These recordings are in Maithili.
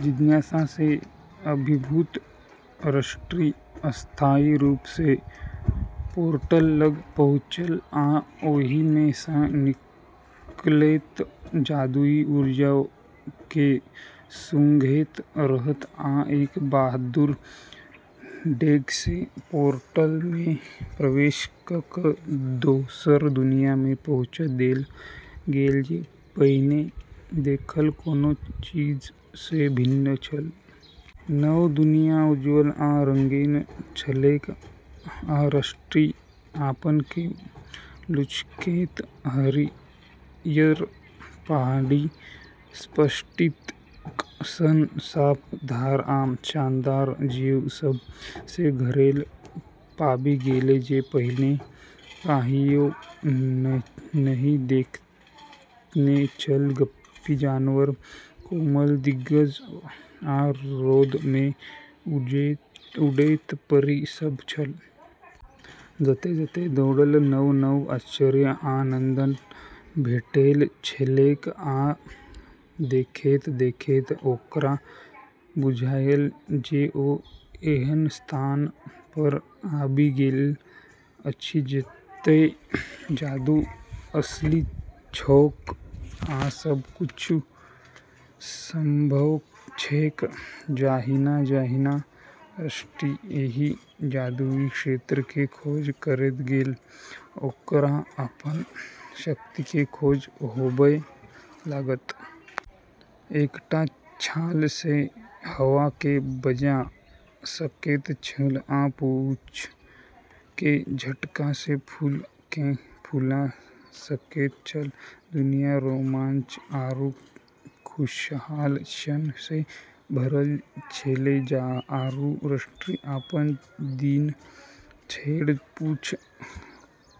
जिज्ञासा सँ अभिभूत रस्टी अस्थायी रूप सँ पोर्टल लग पहुँचल आ ओहि मे सँ निकलैत जादुई ऊर्जा के सूंघैत रहल। आ एक बहादुर डेग सँ पोर्टल मे प्रवेश क' क' दोसर दुनिया मे पहुँचा देल गेल, जे पहिने देखल कोनो चीज सँ भिन्न छल। नव दुनिया उज्ज्वल आ रंगीन छलैक, आ रस्टी अपन केँ लुढ़कैत हरियर पहाड़ी, स्फटिक सन साफ धार आ शानदार जीव सब सँ घेरल पाबि गेल जे पहिने कहियो नहि देखने छल। गप्पी जानवर, कोमल दिग्गज, आ रौद मे उड़ैत परी सब छल। जतय-जतय दौड़ल, नव-नव आश्चर्य आ आनन्द भेटैत छलैक, आ देखैत-देखैत ओकरा बुझायल जे ओ एहन स्थान पर आबि गेल अछि जतय जादू असली छैक आ सब किछु संभव छैक। जहिना-जहिना रस्टी एहि जादुई क्षेत्र के खोज करैत गेल, ओकरा अपन शक्ति के खोज होबय लागल। एकटा छाल सँ हवा केँ बजा सकैत छल आ पूँछ के झटका सँ फूल केँ फूला सकैत छल। दुनिया रोमांच आरू खुशहाल क्षण सँ भरल छेलै, आरू रस्टी अपन दिन दौड़-धूप,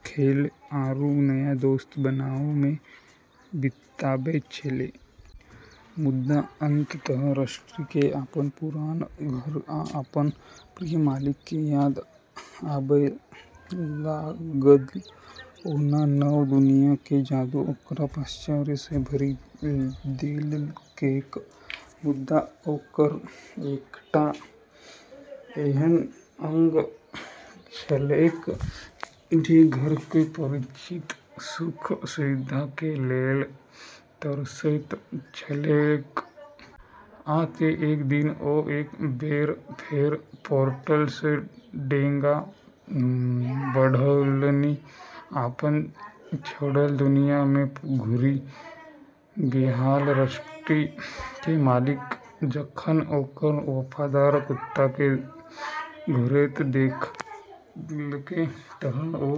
खेलै, आरू नया दोस्त बनाबै मे बिताबै छेलै। मुदा अंततः रस्टी के अपन पुरान घर आ अपन प्रिय मालिक के याद आबय लागल। ओना नव दुनिया के जादू ओकरा आश्चर्य सँ भरि देलकैक मुदा ओकर एकटा एहन अंग छलैक जे घर के परिचित सुख-सुविधा के लेल तरसैत छलैक। आ तें, एक दिन, ओ एक बेर फेर पोर्टल सँ डेग बढ़ौलनि, अपन छोड़ल दुनिया मे घुरि गेलाह। रस्टी के मालिक जखन ओकर वफादार कुत्ता के घुरैत देखलकै तऽ ओ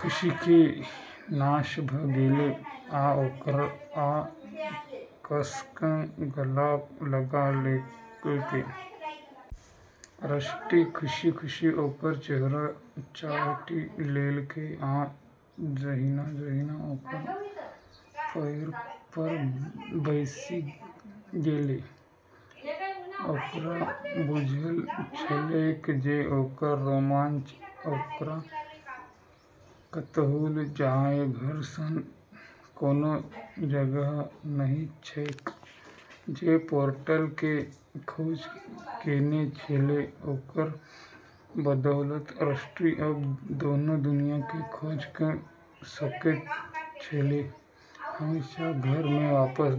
खुशी के नाश भऽ गेलै आ ओकरा कस कऽ गला लगा लेलकै। रस्टी खुशी-खुशी ओकर चेहरा चाटि लेलकै, आ जहिना-जहिना ओकर पएर पर बैसि गेलै, ओकरा बुझल छलैक जे ओकर रोमांच ओकरा कतहु ल' जाय, घर सन कोनो जगह नहि छैक। जे पोर्टल के खोज केने छेलै, ओकर बदौलत रस्टी अब दोनों दुनिया के खोज क' सकै छेलै, हमेशा घर मे वापस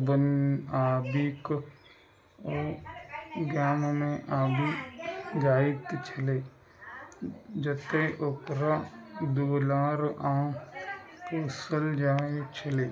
आबि कऽ ओ गाँममे आबि जाइत छलै, जतय ओकरा दुलार आ पोसल जाय छलै।